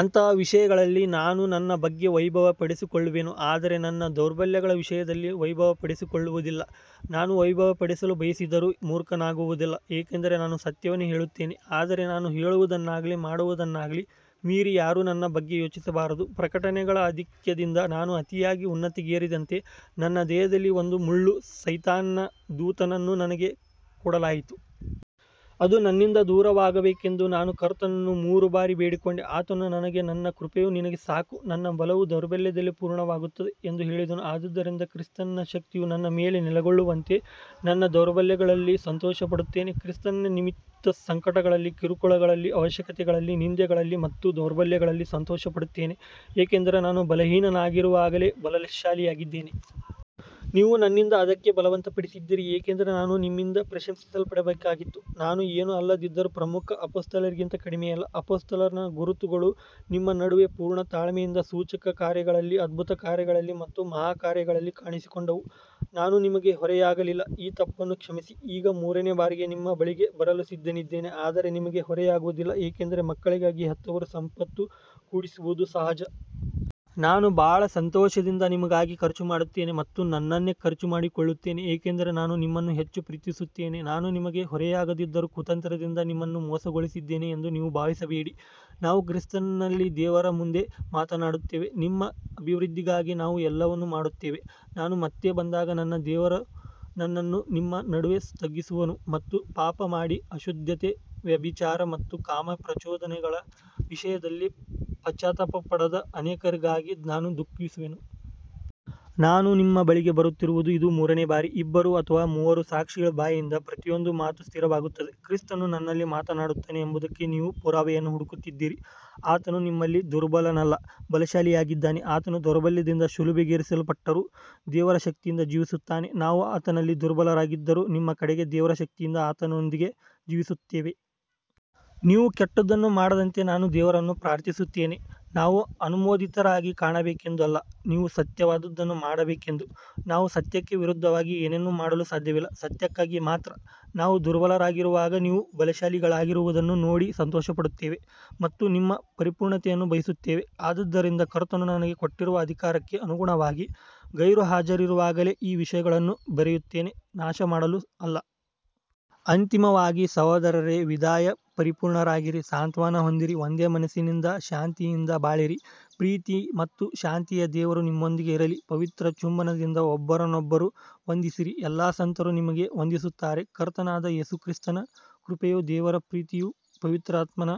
ಅಂತಹ ವಿಷಯಗಳಲ್ಲಿ ನಾನು ನನ್ನ ಬಗ್ಗೆ ವೈಭವಪಡಿಸಿಕೊಳ್ಳುವೆನು, ಆದರೆ ನನ್ನ ದೌರ್ಬಲ್ಯಗಳ ವಿಷಯದಲ್ಲಿ ವೈಭವಪಡಿಸಿಕೊಳ್ಳುವುದಿಲ್ಲ. ನಾನು ವೈಭವಪಡಿಸಲು ಬಯಸಿದರೂ ಮೂರ್ಖನಾಗುವುದಿಲ್ಲ, ಏಕೆಂದರೆ ನಾನು ಸತ್ಯವನ್ನೇ ಹೇಳುತ್ತೇನೆ. ಆದರೆ ನಾನು ಹೇಳುವುದನ್ನಾಗಲಿ ಮಾಡುವುದನ್ನಾಗಲಿ ಮೀರಿ ಯಾರೂ ನನ್ನ ಬಗ್ಗೆ ಯೋಚಿಸಬಾರದು. ಪ್ರಕಟನೆಗಳ ಅಧಿಕ್ಯದಿಂದ ನಾನು ಅತಿಯಾಗಿ ಉನ್ನತಿಗೇರದಂತೆ ನನ್ನ ದೇಹದಲ್ಲಿ ಒಂದು ಮುಳ್ಳು, ಸೈತಾನನ ದೂತನನ್ನು ನನಗೆ ಕೊಡಲಾಯಿತು. ಅದು ನನ್ನಿಂದ ದೂರವಾಗಬೇಕೆಂದು ನಾನು ಕರ್ತನನ್ನು ಮೂರು ಬಾರಿ ಬೇಡಿಕೊಂಡೆ. ಆತನು ನನಗೆ, ನನ್ನ ಕೃಪೆಯು ನಿನಗೆ ಸಾಕು, ನನ್ನ ಬಲವು ದೌರ್ಬಲ್ಯದಲ್ಲಿ ಪರಿಪೂರ್ಣವಾಗುತ್ತದೆ ಎಂದು ಹೇಳಿದನು. ಆದದರಿಂದ ಕ್ರಿಸ್ತನ ಶಕ್ತಿಯು ನನ್ನ ಮೇಲೆ ನೆಲೆಗೊಳ್ಳುವಂತೆ ನನ್ನ ದೌರ್ಬಲ್ಯಗಳಲ್ಲಿ ಸಂತೋಷಪಡುತ್ತೇನೆ. ಕ್ರಿಸ್ತನ ನಿಮಿತ್ತ ಸಂಕಟಗಳಲ್ಲಿ, ಕಿರುಕುಳಗಳಲ್ಲಿ, ಅವಶ್ಯಕತೆಗಳಲ್ಲಿ, ನಿಂದೆಗಳಲ್ಲಿ ಮತ್ತು ದೌರ್ಬಲ್ಯಗಳಲ್ಲಿ ಸಂತೋಷಪಡುತ್ತೇನೆ, ಏಕೆಂದರೆ ನಾನು ಬಲಹೀನನಾಗಿರುವಾಗಲೇ ಬಲಶಾಲಿಯಾಗಿದ್ದೇನೆ. ನೀವು ನನ್ನನ್ನು ಅದಕ್ಕೆ ಬಲವಂತಪಡಿಸಿದ್ದೀರಿ, ಏಕೆಂದರೆ ನಾನು ನಿಮ್ಮಿಂದ ಪ್ರಶಂಸಿಸಲ್ಪಡಬೇಕಾಗಿತ್ತು. ನಾನು ಏನೂ ಅಲ್ಲದಿದ್ದರೂ ಪ್ರಮುಖ ಅಪೊಸ್ತಲರಿಗಿಂತ ಕಡಿಮೆಯಲ್ಲ. ಅಪೊಸ್ತಲನ ಗುರುತುಗಳು ನಿಮ್ಮ ನಡುವೆ ಪೂರ್ಣ ತಾಳ್ಮೆಯಿಂದ, ಸೂಚಕಕಾರ್ಯಗಳಲ್ಲಿ, ಅದ್ಭುತಕಾರ್ಯಗಳಲ್ಲಿ ಮತ್ತು ಮಹಾಕಾರ್ಯಗಳಲ್ಲಿ ಕಾಣಿಸಿಕೊಂಡವು. ನಾನು ನಿಮಗೆ ಹೊರೆಯಾಗಿರಲಿಲ್ಲ, ಈ ತಪ್ಪನ್ನು ಕ್ಷಮಿಸಿ. ಈಗ ಮೂರನೇ ಬಾರಿಗೆ ನಿಮ್ಮ ಬಳಿಗೆ ಬರಲು ಸಿದ್ಧನಿದ್ದೇನೆ, ಆದರೆ ನಿಮಗೆ ಹೊರೆಯಾಗುವುದಿಲ್ಲ, ಏಕೆಂದರೆ ಮಕ್ಕಳಿಗಾಗಿ ಹೆತ್ತವರು ಸಂಪತ್ತು ಕೂಡಿಸಿಡುವುದು ಸಹಜ. ನಾನು ಬಹಳ ಸಂತೋಷದಿಂದ ನಿಮಗಾಗಿ ಖರ್ಚುಮಾಡುತ್ತೇನೆ ಮತ್ತು ನನ್ನನ್ನೇ ಖರ್ಚುಮಾಡಿಕೊಳ್ಳುತ್ತೇನೆ, ಏಕೆಂದರೆ ನಾನು ನಿಮ್ಮನ್ನು ಹೆಚ್ಚು ಪ್ರೀತಿಸುತ್ತೇನೆ. ನಾನು ನಿಮಗೆ ಹೊರೆಯಾಗದಿದ್ದರೂ ಕುತಂತ್ರದಿಂದ ನಿಮ್ಮನ್ನು ಮೋಸಗೊಳಿಸಿದ್ದೇನೆ ಎಂದು ನೀವು ಭಾವಿಸಬೇಡಿ, ನಾವು ಕ್ರಿಸ್ತನಲ್ಲಿ ದೇವರ ಮುಂದೆ ಮಾತನಾಡುತ್ತೇವೆ. ನಿಮ್ಮ ಅಭಿವೃದ್ದಿಗಾಗಿ ನಾವು ಎಲ್ಲವನ್ನೂ ಮಾಡುತ್ತೇವೆ. ನಾನು ಮತ್ತೆ ಬಂದಾಗ ನನ್ನ ದೇವರು ನನ್ನನ್ನು ನಿಮ್ಮ ನಡುವೆ ತಗ್ಗಿಸುವನು ಮತ್ತು ಪಾಪಮಾಡಿ ಅಶುದ್ಧತೆ, ವ್ಯಭಿಚಾರ ಮತ್ತು ಕಾಮಪ್ರಚೋದನೆಗಳ ವಿಷಯದಲ್ಲಿ ಪಶ್ಚಾತ್ತಾಪಪಡದ ಅನೇಕರಿಗಾಗಿ ನಾನು ದುಃಖಿಸುವೆನು. ನಾನು ನಿಮ್ಮ ಬಳಿಗೆ ಬರುತ್ತಿರುವುದು ಇದು ಮೂರನೇ ಬಾರಿ. ಇಬ್ಬರು ಅಥವಾ ಮೂವರು ಸಾಕ್ಷಿಗಳ ಬಾಯಿಂದ ಪ್ರತಿಯೊಂದು ಮಾತು ಸ್ಥಿರವಾಗುತ್ತದೆ. ಕ್ರಿಸ್ತನು ನನ್ನಲ್ಲಿ ಮಾತನಾಡುತ್ತಾನೆ ಎಂಬುದಕ್ಕೆ ನೀವು ಪುರಾವೆಯನ್ನು ಹುಡುಕುತ್ತಿದ್ದೀರಿ, ಆತನು ನಿಮ್ಮಲ್ಲಿ ದುರ್ಬಲನಲ್ಲ, ಬಲಶಾಲಿಯಾಗಿದ್ದಾನೆ. ಆತನು ದೌರ್ಬಲ್ಯದಿಂದ ಶಿಲುಬೆಗೇರಿಸಲ್ಪಟ್ಟರೂ ದೇವರ ಶಕ್ತಿಯಿಂದ ಜೀವಿಸುತ್ತಾನೆ, ನಾವು ಆತನಲ್ಲಿ ದುರ್ಬಲರಾಗಿದ್ದರೂ ನಿಮ್ಮ ಕಡೆಗೆ ದೇವರ ಶಕ್ತಿಯಿಂದ ಆತನೊಂದಿಗೆ ಜೀವಿಸುತ್ತೇವೆ. ನೀವು ಕೆಟ್ಟದ್ದನ್ನು ಮಾಡದಂತೆ ನಾನು ದೇವರನ್ನು ಪ್ರಾರ್ಥಿಸುತ್ತೇನೆ, ನಾವು ಅನುಮೋದಿತರಾಗಿ ಕಾಣಬೇಕೆಂದು ಅಲ್ಲ, ನೀವು ಸತ್ಯವಾದದ್ದನ್ನು ಮಾಡಬೇಕೆಂದು. ನಾವು ಸತ್ಯಕ್ಕೆ ವಿರುದ್ಧವಾಗಿ ಏನನ್ನೂ ಮಾಡಲು ಸಾಧ್ಯವಿಲ್ಲ, ಸತ್ಯಕ್ಕಾಗಿ ಮಾತ್ರ. ನಾವು ದುರ್ಬಲರಾಗಿರುವಾಗ ನೀವು ಬಲಶಾಲಿಗಳಾಗಿರುವುದನ್ನು ನೋಡಿ ಸಂತೋಷಪಡುತ್ತೇವೆ ಮತ್ತು ನಿಮ್ಮ ಪರಿಪೂರ್ಣತೆಯನ್ನು ಬಯಸುತ್ತೇವೆ. ಆದದರಿಂದ ಕರ್ತನು ನನಗೆ ಕೊಟ್ಟಿರುವ ಅಧಿಕಾರಕ್ಕೆ ಅನುಗುಣವಾಗಿ, ಗೈರುಹಾಜರಿರುವಾಗಲೇ ಈ ವಿಷಯಗಳನ್ನು ಬರೆಯುತ್ತೇನೆ, ನಾಶಮಾಡಲು ಅಲ್ಲ. ಅಂತಿಮವಾಗಿ ಸಹೋದರರೇ, ವಿದಾಯ, ಪರಿಪೂರ್ಣರಾಗಿರಿ, ಸಾಂತ್ವನ ಹೊಂದಿರಿ, ಒಂದೇ ಮನಸ್ಸಿನಿಂದಿರಿ, ಶಾಂತಿಯಿಂದ ಬಾಳಿರಿ. ಪ್ರೀತಿ ಮತ್ತು ಶಾಂತಿಯ ದೇವರು ನಿಮ್ಮೊಂದಿಗೆ ಇರಲಿ. ಪವಿತ್ರ ಚುಂಬನದಿಂದ ಒಬ್ಬರನ್ನೊಬ್ಬರು ವಂದಿಸಿರಿ. ಎಲ್ಲಾ ಸಂತರು ನಿಮಗೆ ವಂದಿಸುತ್ತಾರೆ. ಕರ್ತನಾದ ಯೇಸು ಕ್ರಿಸ್ತನ ಕೃಪೆಯೂ ದೇವರ ಪ್ರೀತಿಯೂ ಪವಿತ್ರಾತ್ಮನ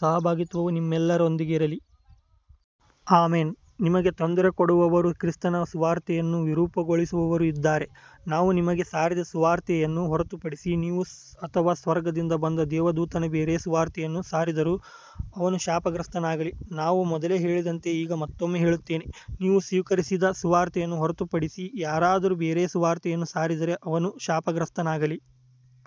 ಸಹಭಾಗಿತ್ವವೂ ನಿಮ್ಮೆಲ್ಲರೊಂದಿಗಿರಲಿ. ಆಮೆನ್. ನಿಮಗೆ ತೊಂದರೆಕೊಡುವವರೂ ಕ್ರಿಸ್ತನ ಸುವಾರ್ತೆಯನ್ನು ವಿರೂಪಗೊಳಿಸುವವರೂ ಇದ್ದಾರೆ. ನಾವು ನಿಮಗೆ ಸಾರಿದ ಸುವಾರ್ತೆಯನ್ನು ಹೊರತುಪಡಿಸಿ ನಾವು ಅಥವಾ ಸ್ವರ್ಗದಿಂದ ಬಂದ ದೇವದೂತನು ಬೇರೆ ಸುವಾರ್ತೆಯನ್ನು ಸಾರಿದರೂ ಅವನು ಶಾಪಗ್ರಸ್ತನಾಗಲಿ. ನಾವು ಮೊದಲೇ ಹೇಳಿದಂತೆ ಈಗ ಮತ್ತೊಮ್ಮೆ ಹೇಳುತ್ತೇನೆ, ನೀವು ಸ್ವೀಕರಿಸಿದ ಸುವಾರ್ತೆಯನ್ನು ಹೊರತುಪಡಿಸಿ ಯಾರಾದರೂ ಬೇರೆ ಸುವಾರ್ತೆಯನ್ನು ಸಾರಿದರೆ ಅವನು ಶಾಪಗ್ರಸ್ತನಾಗಲಿ.